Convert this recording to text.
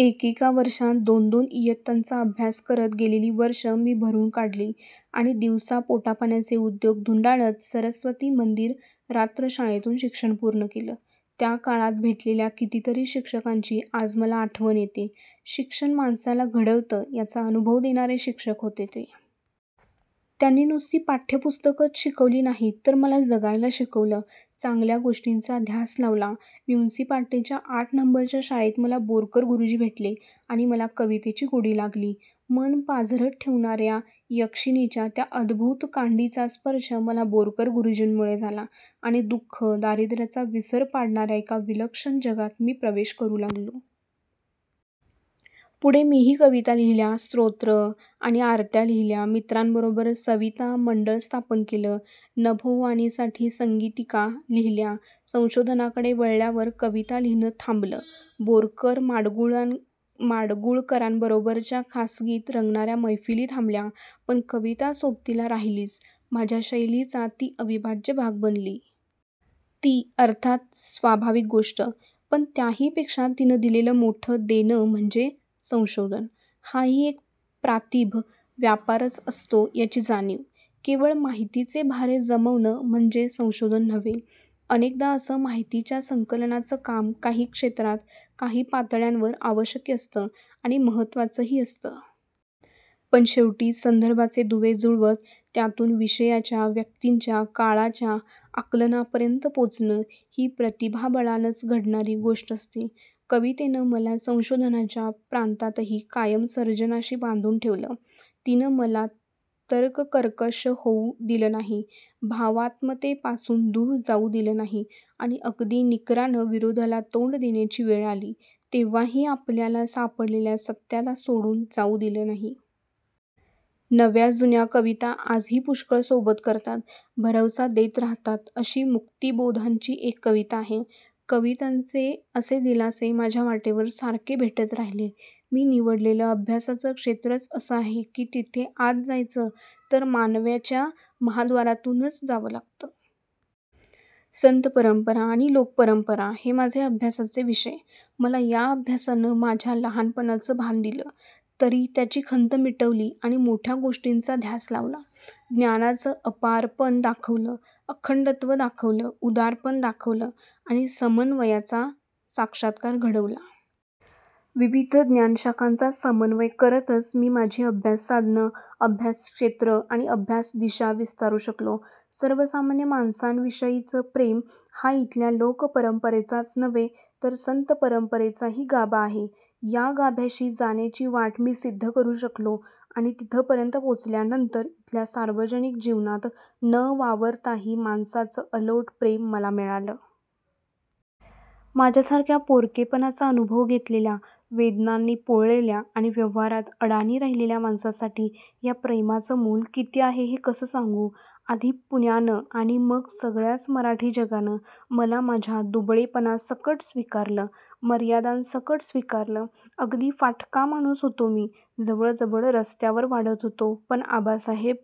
एकेका वर्षांत दोन-दोन इयत्तांचा अभ्यास करत गेलेली वर्षं मी भरून काढली आणि दिवसा पोटापाण्याचे उद्योग धुंडाळत सरस्वती मंदिर रात्रशाळेतून शिक्षण पूर्ण केलं. त्या काळात भेटलेल्या कितीतरी शिक्षकांची आज मला आठवण येते. शिक्षण माणसाला घडवतं, याचा अनुभव देणारे शिक्षक होते ते. त्यांनी नुसती पाठ्यपुस्तकंच शिकवली नाहीत, तर मला जगायला शिकवलं. चांगल्या गोष्टींचा ध्यास लावला. म्युनिसिपालिटीच्या आठ नंबरच्या शाळेत मला बोरकर गुरूजी भेटले आणि मला कवितेची गोडी लागली. मन पाझरत ठेवणाऱ्या, यक्षिणीच्या त्या अद्भुत कांडीचा स्पर्श मला बोरकर गुरूजींमुळे झाला आणि दुःख, दारिद्र्याचा विसर पाडणाऱ्या एका विलक्षण जगात मी प्रवेश करू शकलो. पुढे मीही कविता लिहिल्या, स्तोत्रं आणि आरत्या लिहिल्या, मित्रांबरोबर सविता मंडळ स्थापन केलं, नभोवाणीसाठी संगीतिका लिहिल्या. संशोधनाकडे वळल्यावर कविता लिहिणं थांबलं, बोरकर, माडगूळकरांबरोबरच्या खासगीत रंगणाऱ्या मैफिली थांबल्या, पण कविता सोबतीला राहिलीच. माझ्या शैलीचा ती अविभाज्य भाग बनली. ती अर्थात स्वाभाविक गोष्ट. पण त्याहीपेक्षा तिनं दिलेलं मोठं देणं म्हणजे संशोधन, हाही एक प्रातिभ, व्यापारच असतो याची जाणीव. केवळ माहितीचे भारे जमवणं म्हणजे संशोधन नव्हे. अनेकदा असं माहितीच्या संकलनाचं काम काही क्षेत्रात, काही पातळ्यांवर आवश्यक असतं आणि महत्त्वाचंही असतं. पण शेवटी संदर्भाचे दुवे जुळवत, त्यातून विषयाच्या, व्यक्तींच्या, काळाच्या आकलनापर्यंत पोचणं ही प्रतिभाबळानंच घडणारी गोष्ट असते. कवितेनं मला संशोधनाच्या प्रांतातही कायम सर्जनाशी बांधून ठेवलं. तिनं मला तर्ककर्कश होऊ दिलं नाही. भावात्मतेपासून दूर जाऊ दिलं नाही आणि अगदी निकरानं विरोधाला तोंड देण्याची वेळ आली, तेव्हाही आपल्याला सापडलेल्या सत्याला सोडून जाऊ दिलं नाही. नव्या, जुन्या कविता आजही पुष्कळ सोबत करतात. भरवसा देत राहतात. अशी मुक्तिबोधांची एक कविता आहे. कवितांचे असे दिलासे माझ्या वाटेवर सारखे भेटत राहिले. मी निवडलेलं अभ्यासाचं क्षेत्रंच असं आहे की, तिथे आत जायचं तर मानव्याच्या महाद्वारातूनच जावं लागतं. संतपरंपरा आणि लोकपरंपरा हे माझे अभ्यासाचे विषय. मला या अभ्यासानं माझ्या लहानपणाचं भान दिलं, तरी त्याची खंत मिटवली आणि मोठ्या गोष्टींचा ध्यास लावला. ज्ञानाचं अपारपण दाखवलं, अखंडत्व दाखवलं, उदारपण दाखवलं आणि समन्वयाचा साक्षात्कार घडवला. विविध ज्ञानशाखांचा समन्वय करतच मी माझी अभ्यास साधनं, अभ्यासक्षेत्रं आणि अभ्यासदिशा विस्तारू शकलो. सर्वसामान्य माणसांविषयीचं प्रेम हा इथल्या लोकपरंपरेचाच नव्हे, तर संतपरंपरेचाही गाभा आहे. या गाभ्याशी जाण्याची वाट मी सिद्ध करू शकलो आणि तिथंपर्यंत पोचल्यानंतर, इथल्या सार्वजनिक जीवनात न वावरताही माणसांचं अलोट प्रेम मला मिळालं. माझ्यासारख्या पोरकेपणाचा अनुभव घेतलेल्या, वेदनांनी पोळलेल्या आणि व्यवहारात अडाणी राहिलेल्या माणसासाठी या प्रेमाचं मोल किती आहे हे कसं सांगू? आधी पुण्यानं आणि मग सगळ्याच मराठी जगानं मला माझ्या दुबळेपणासकट स्वीकारलं. मर्यादांसकट स्वीकारलं. अगदी फाटका माणूस होतो मी. जवळजवळ रस्त्यावर वाढत होतो, पण आबासाहेब